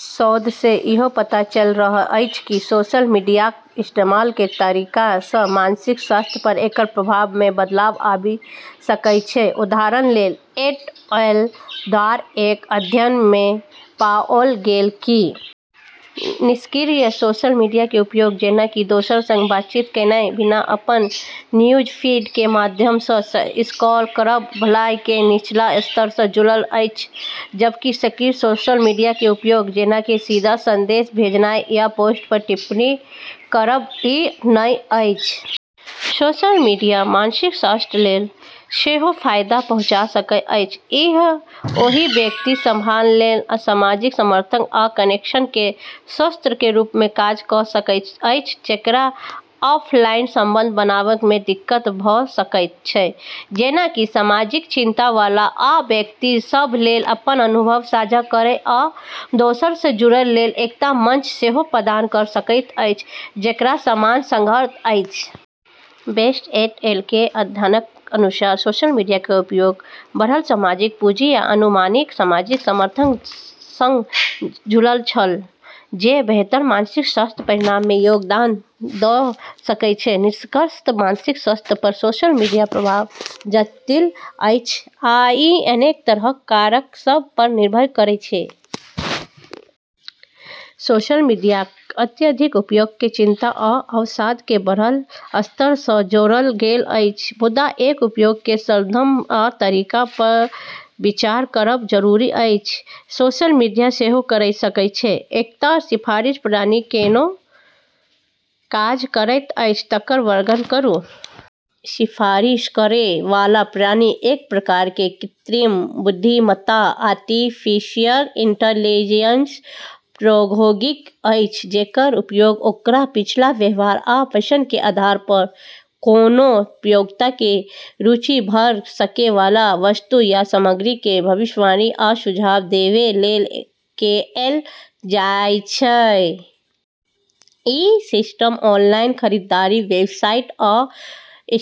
शोध सँ इहो पता चललै अछि कि सोशल मीडियाक इस्तेमाल के तरीका सँ मानसिक स्वास्थ्य पर एकर प्रभाव मे बदलाव आबि सकैछ। उदाहरण लेल, 'एट अल' द्वारा एक अध्ययन मे पाओल गेल कि निष्क्रिय सोशल मीडिया के उपयोग, जेना कि दोसर के संग बातचीत कएने बिना अपन न्यूजफीड के माध्यम सँ स्क्रॉल करब, भलाई के निचला स्तर सँ जुड़ल अछि, जबकि सक्रिय सोशल मीडिया के उपयोग, जेना कि सीधा संदेश भेजनाइ या पोस्ट पर टिप्पणी करब, ई नहि अछि। सोशल मीडिया मानसिक स्वास्थ्य लेल सेहो फायदा पहुँचा सकैत अछि। ई ओहि व्यक्ति सभ लेल सामाजिक समर्थन आ कनेक्शन के स्रोत के रूप मे काज कऽ सकैत अछि, जेकरा ऑफलाइन संबंध बनाबै मे दिक्कत भऽ सकैत छै, जेना कि सामाजिक चिंता वाला, आ व्यक्ति सभ लेल अपन अनुभव साझा करै आ दोसर सँ जुड़ै लेल एकटा मंच सेहो प्रदान कऽ सकैत अछि, जेकरा समान संघर्ष अछि। बेस्ट एट अल के एक अध्ययनक अनुसार, सोशल मीडिया के उपयोग बढ़ल सामाजिक पूंजी आ अनुमानित सामाजिक समर्थन सँ जुड़ल छल, जे बेहतर मानसिक स्वास्थ्य परिणाम मे योगदान दऽ सकैछ। निष्कर्षतः मानसिक स्वास्थ्य पर सोशल मीडियाक प्रभाव जटिल अछि आ ई अनेक तरहक कारक सभ पर निर्भर करैछ। सोशल मीडियाक अत्यधिक उपयोग केँ चिंता आ अवसाद के बढ़ल स्तर सँ जोड़ल गेल अछि, मुदा एकर उपयोग के संदर्भ आ तरीका पर विचार करब जरूरी अछि। सोशल मीडिया सेहो कऽ सकैछ। एकटा सिफारिश प्रणाली कोना काज करैत अछि तकर वर्णन करू। सिफारिश करै वाला प्रणाली एक प्रकार के कृत्रिम बुद्धिमत्ता आर्टिफिशियल इंटेलिजेंस प्रौद्योगिकी अछि जेकर उपयोग ओकर पिछला व्यवहार आ पसंद के आधार पर, कोनो प्रयोक्ता के रुचि भऽ सकै वाला वस्तु या सामग्री के भविष्यवाणी आ सुझाव देबै लेल कएल जाइछ। ई सिस्टम ऑनलाइन खरीदारी वेबसाइट आ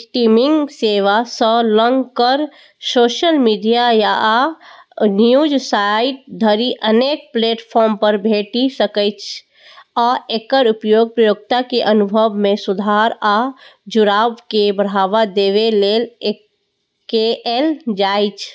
स्ट्रीमिंग सेवा सँ लऽ कऽ सोशल मीडिया आ न्यूज साइट धरि अनेक प्लेटफार्म पर भेटि सकैछ आ एकर उपयोग प्रयोक्ता के अनुभव मे सुधार आ जुड़ाव केँ बढ़ावा देबै लेल कएल जाइछ।